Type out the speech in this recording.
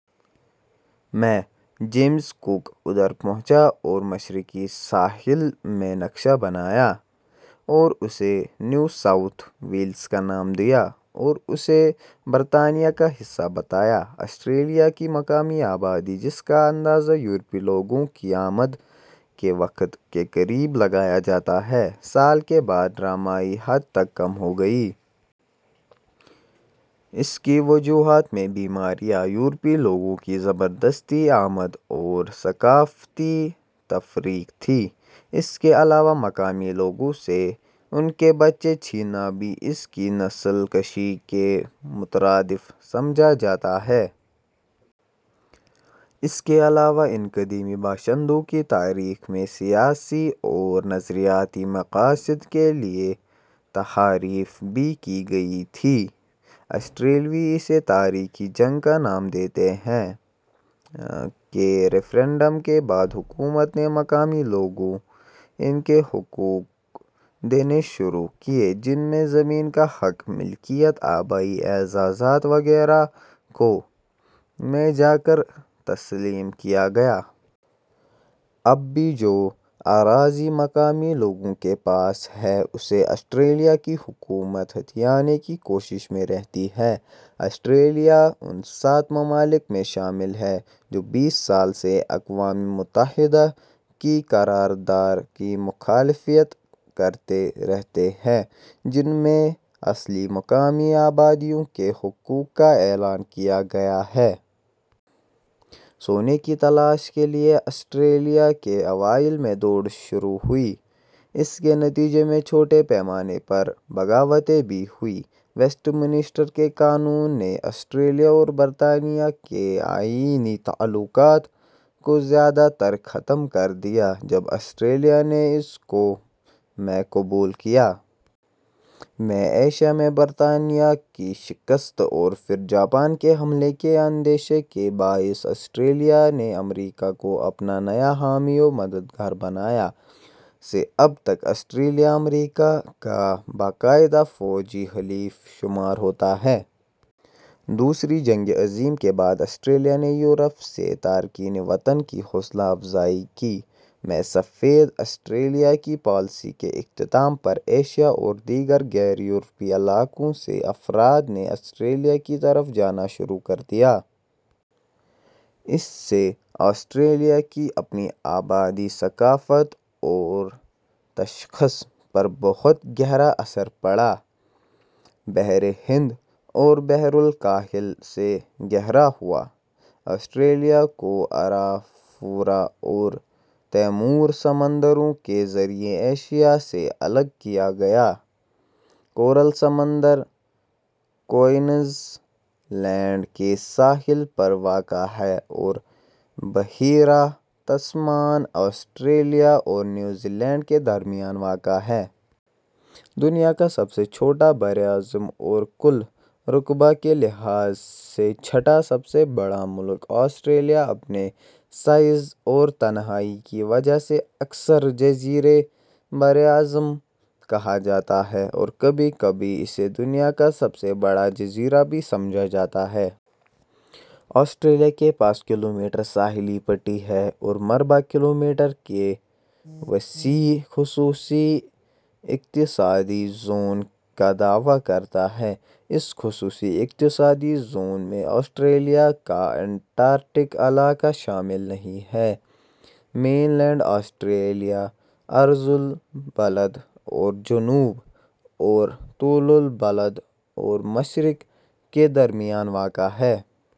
ء میں، James Cook ادھر پہنچا اور مشرقی ساحل کا نقشہ بنایا اور اسے نیو ساؤتھ ویلز کا نام دیا اور اسے برطانیہ کا حصہ بنایا۔ آسٹریلیا کی مقامی آبادی جس کا اندازہ یورپی لوگوں کی آمد کے وقت ، کے قریب لگایا جاتا ہے، سال کے بعد ڈرامائی حد تک کم ہو گئی۔ اس کی وجوہات میں بیماریاں، یورپی لوگوں کی زبردستی آمد اور ثقافتی تفریق تھیں۔ اس کے علاوہ مقامی لوگوں سے ان کے بچے چھیننا بھی ان کی نسل کشی کے مترادف سمجھاجاتا ہے۔ اس کے علاوہ ان قدیمی باشندوں کی تاریخ میں سیاسی اور نظریاتی مقاصد کے لیے تحاریف بھی کی گئی تھیں۔ آسٹریلوی اسے تاریخی جنگ کا نام دیتے ہیں۔ ء کے ریفرنڈم کے بعد، حکومت نے مقامی لوگوں ان کے حقوق دینے شروع کیے جن میں زمین کا حق ملکیت، آبائی اعزازات وغیرہ کو ء میں جا کر تسلیم کیا گیا۔ اب بھی جو اراضی مقامی لوگوں کے پاس ہے اسے آسٹریلیا کی حکومت ہتھیانے کی کوشش میں رہتی ہے۔ آسٹریلیا ان سات ممالک میں شامل ہے، جو بیس سال سے اقوام متحدہ کی اس قرارداد کی مخالفت کرتے رہے ہیں جس میں اصلی مقامی آبادیوں کے حقوق کا اعلان کیا گیا ہے۔ سونے کی تلاش کے لیے آسٹریلیا میں ء کے اوائل میں دوڑ شروع ہوئی۔ اس کے نتیجے میں چھوٹے پیمانے پر بغاوتیں بھی ہوئیں۔ ویسٹ منسٹر کے ء کے قانون نے آسٹریلیا اور برطانیہ کے آئینی تعلقات کو زیادہ تر ختم کر دیا جب آسٹریلیا نے اس کو ء میں قبول کیا۔ ء میں ایشیا میں برطانیہ کی شکست اور پھر جاپان کے حملے کے اندیشے کے باعث آسٹریلیا نے امریکا کو اپنا نیا حامی و مددگار بنایا۔ ء سے اب تک آسٹریلیا امریکا کا باقاعدہ فوجی حلیف شمار ہوتا ہے۔ دوسری جنگ عظیم کے بعد آسٹریلیا نے یورپ سے تارکین وطن کی حوصلہ افزائی کی۔ ء میں سفید آسٹریلیا کی پالیسی کے اختتام پر ایشیا اور دیگر غیر یورپی علاقوں سے افراد نے آسٹریلیا کی طرف جانا شروع کر دیا۔ اس سے آسٹریلیا کی اپنی آبادی، ثقافت اور تشخص پر بہت گہرا اثر پڑا۔ بحر ہند اور بحرالکاہل سے گھرا ہوا، آسٹریلیا کو ارافورا اور تیمور سمندروں کے ذریعے ایشیا سے الگ کیا گیا ہے، کورل سمندر کوئنز لینڈ کے ساحل پر واقع ہے اور بحیرہ تسمان آسٹریلیا اور نیوزی لینڈ کے درمیان واقع ہے۔ دنیا کا سب سے چھوٹا براعظم اور کل رقبہ کے لحاظ سے چھٹا سب سے بڑا ملک، آسٹریلیا اپنے سائز اور تنہائی کی وجہ سے اکثر "جزیرہ براعظم" کہا جاتا ہے اور کبھی کبھی اسے دنیا کا سب سے بڑا جزیرہ بھی سمجھا جاتا ہے۔ آسٹریلیا کے پاس کلومیٹر ساحلی پٹی ہے اور مربع کلومیٹر کے وسیع خصوصی اقتصادی زون کا دعویٰ کرتا ہے۔ اس خصوصی اقتصادی زون میں آسٹریلیا کا انٹارکٹک علاقہ شامل نہیں ہے۔ مین لینڈ آسٹریلیا عرض البلد اور جنوب اور طول البلد اور مشرق کے درمیان واقع ہے۔